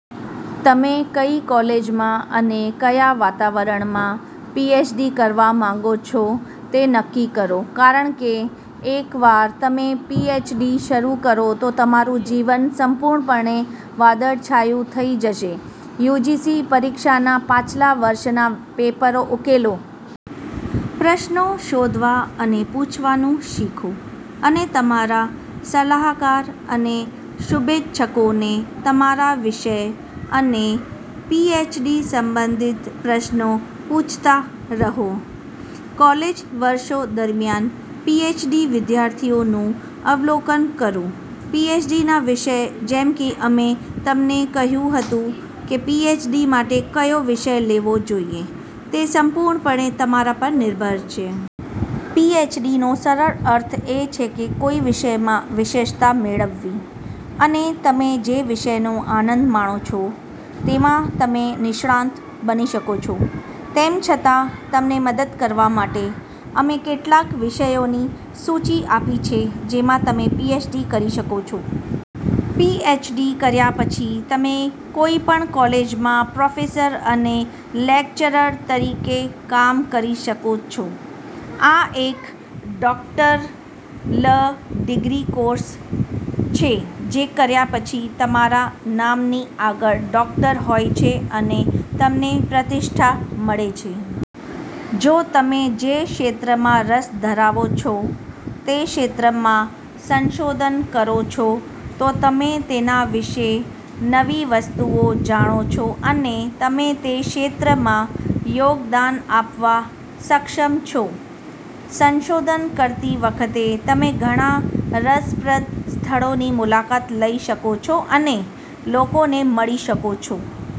તમે કઈ કોલેજમાં અને કયા વાતાવરણમાં પીએચડી કરવા માંગો છો તે નક્કી કરો. કારણ કે એકવાર તમે પીએચડી શરૂ કરો તો તમારું જીવન સંપૂર્ણપણે વાદળછાયું થઈ જશે. યુજીસી પરીક્ષાના પાછલા વર્ષના પેપરો ઉકેલો. પ્રશ્નો શોધવા અને પૂછવાનું શીખો. અને તમારા સલાહકાર અને શુભેચ્છકોને તમારા વિષય અને પીએચડી સંબંધિત પ્રશ્નો પૂછતા રહો. કૉલેજ વર્ષો દરમિયાન પીએચડી વિદ્યાર્થીઓનું અવલોકન કરો. પીએચડી ના વિષય જેમ કે અમે તમને કહ્યું હતું કે પીએચડી માટે કયો વિષય લેવો જોઈએ, તે સંપૂર્ણપણે તમારા પર નિર્ભર છે. પીએચડીનો સરળ અર્થ એ છે કે કોઈ વિષયમાં વિશેષતા મેળવવી. અને તમે જે વિષયનો આનંદ માણો છો તેમાં તમે નિષ્ણાત બની શકો છો. તેમ છતાં, તમને મદદ કરવા માટે, અમે કેટલાક વિષયોની સૂચિ આપી છે જેમાં તમે પીએચડી કરી શકો છો. પીએચડી કર્યા પછી, તમે કોઈપણ કોલેજમાં પ્રોફેસર અને લેક્ચરર તરીકે કામ કરી શકો છો. આ એક ડોક્ટરલ ડિગ્રી કોર્સ છે, જે કર્યા પછી તમારા નામની આગળ ડોક્ટર હોય છે અને તમને પ્રતિષ્ઠા મળે છે. જો તમે જે ક્ષેત્રમાં રસ ધરાવો છો તે ક્ષેત્રમાં સંશોધન કરો છો, તો તમે તેના વિશે નવી વસ્તુઓ જાણો છો અને તમે તે ક્ષેત્રમાં યોગદાન આપવા સક્ષમ છો. સંશોધન કરતી વખતે, તમે ઘણા રસપ્રદ સ્થળોની મુલાકાત લઈ શકો છો અને લોકોને મળી શકો છો.